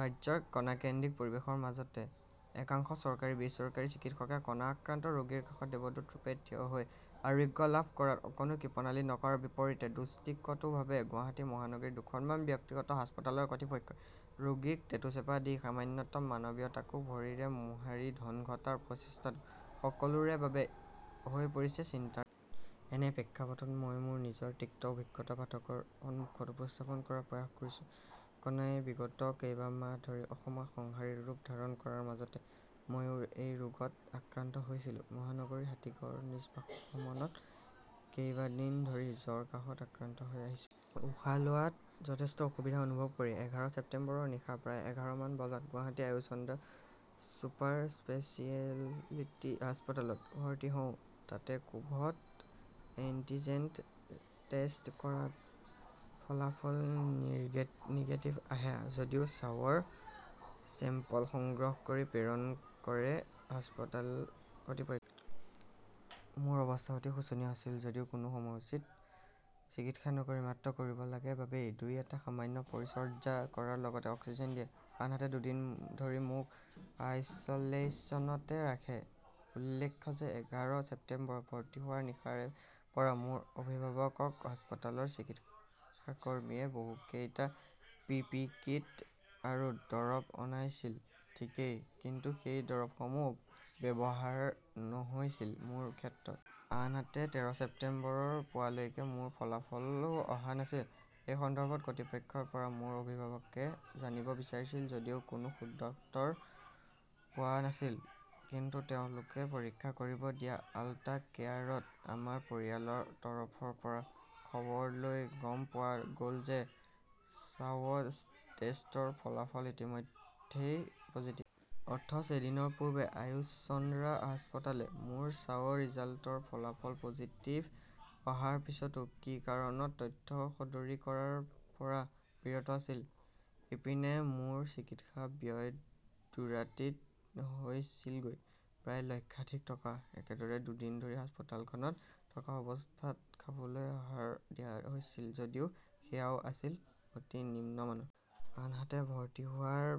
ৰাজ্যৰ কণাকেন্দ্ৰিক পৰিবেশৰ মাজতে একাংশ চৰকাৰী-বেচৰকাৰী চিকিৎসকে কণা আক্ৰান্ত ৰোগীৰ কাষত দেৱদূত ৰূপে থিয় হৈ আৰোগ্য লাভ কৰাত অকণো কৃপনালি নকৰাৰ বিপৰীতে দূষ্টিকটুভাৱে গুৱাহাটী মহানগৰীৰ দুখনমান ব্যক্তিগত হাস্পতালৰ কতৃপক্ষই ৰোগীক টেটুচেপা দি সামান্যতম মানৱীয়তাকো ভৰিৰে মোহাৰি ধন ঘটাৰ প্ৰচেষ্টাটো সকলোৰে বাবে হৈ পৰিছে চিন্তাৰ বিষয়। এনে প্ৰেক্ষাপটত মই মোৰ নিজৰ তিক্ত অভিজ্ঞতা পাঠকৰ সন্মুখত উপস্থাপন কৰাৰ প্ৰয়াস কৰিছো। কণাই বিগত কেইবামাহ ধৰি অসমত সংহাৰী ৰূপ ধাৰণ কৰাৰ মাজতে মইও এই ৰোগত আক্ৰান্ত হৈছিলো। মহানগৰীৰ হাতীগাঁৱৰ নিজ বাসভৱনত কেইবাদিন ধৰি জ্বৰ কাঁহত আক্ৰান্ত হৈ আছিলো। উশাহ লোৱাত যথেষ্ট অসুবিধা অনুভৱ কৰি এঘাৰ ছেপ্তেম্বৰৰ নিশা প্ৰায় এঘাৰ মান বজাত গুৱাহাটী আয়ুচন্দ্ৰা চুপাৰ স্পেছিয়েলিটি হাস্পতালত ভৰ্তি হওঁ। তাতে কোভড এন্টিজেন্ট টেষ্ট কৰাত ফলাফল নিগেটিভ আহে যদিও স্বাৱৰ চেম্পল সংগ্ৰহ কৰি প্ৰেৰণ কৰে হাস্পতাল কতৃপক্ষই। মোৰ অৱস্থা অতি শোচনীয় আছিল যদিও কোনো সময়োচিত চিকিৎসা নকৰি মাত্ৰ কৰিব লাগে বাবেই দুই এটা সামান্য পৰিচৰ্যা কৰাৰ লগতে অক্সিজেন দিয়ে। আনহাতে দুদিন ধৰি মোক আইচলেশ্যনতে ৰাখে। উল্লেখ্য যে এঘাৰ ছেপ্তেম্বৰত ভৰ্তি হোৱাৰ নিশাৰে পৰা মোৰ অভিভাৱকক হাস্পতালৰ চিকিৎসাকৰ্মীয়ে বহু কেইটা পি পি কিট আৰু দৰৱ অনাইছিল ঠিকেই, কিন্তু সেই দৰৱসমূহ ব্যৱহাৰ নহৈছিল মোৰ ক্ষেত্ৰত। আনহাতে তেৰ ছেপ্তেম্বৰৰ পুৱালৈকে মোৰ ফলাফলো অহা নাছিল। এই সন্দৰ্ভত কতৃপক্ষৰ পৰা মোৰ অভিভাৱকে জানিব বিছাৰিছিল যদিও কোনো সুদত্তৰ পোৱা নাছিল। কিন্তু তেওঁলোকে পৰীক্ষা কৰিব দিয়া আল্টা কেয়াৰত আমাৰ পৰিয়ালৰ তৰফৰ পৰা খৱৰ লৈ গম পোৱা গল যে স্বাৱ টেষ্টৰ ফলাফল ইতিমধ্যেই পজিটিভ। অথচ এদিনৰ পূৰ্বে আয়ুসচন্দ্ৰা হাস্পতালে মোৰ স্বাৱ ৰিজাল্টৰ ফলাফল পজিটিভ অহাৰ পিছতো কি কাৰণত তথ্য সদৰি কৰাৰ পৰা বিৰত আছিল? ইপিনে মোৰ চিকিৎসা ব্যয় দুৰাতিত হৈছিলগৈ প্ৰায় লক্ষাধিক টকা। একেদৰে দুদিন ধৰি হাস্পতালখনত থকা অৱস্থাত খাবলৈ আহাৰ দিয়া হৈছিল যদিও সেয়াও আছিল অতি নিম্নমানৰ। আনহাতে ভৰ্তি হোৱাৰ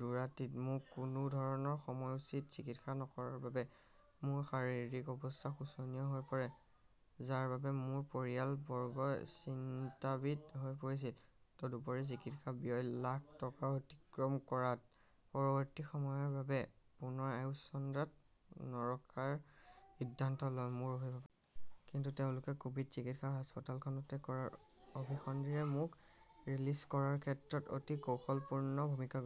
দুৰাতিত মোক কোনো ধৰণৰ সময়োচিত চিকিৎসা নকৰাৰ বাবে মোৰ শাৰিৰীক অৱস্থা শোচনীয় হৈ পৰে। যাৰ বাবে মোৰ পৰিয়াল বৰ্গ চিন্তাম্বিত হৈ পৰিছিল। তদুপৰি চিকিৎসা ব্যয় লাখ টকা অতিক্ৰম কৰাত পৰৱতী সময়ৰ বাবে পুনৰ আয়ুসচন্দ্ৰাত নৰখাৰ সিদ্ধান্ত লয়, মোৰ অভিভাৱকে। কিন্তু তেওঁলোকে কোভিড চিকিৎসা হাস্পতালখনতে কৰাৰ অভিসন্ধিৰে মোক ৰিলিজ কৰাৰ ক্ষেত্ৰত অতি কৌশলপূৰ্ণ ভূমিকা গ্ৰহণ কৰে।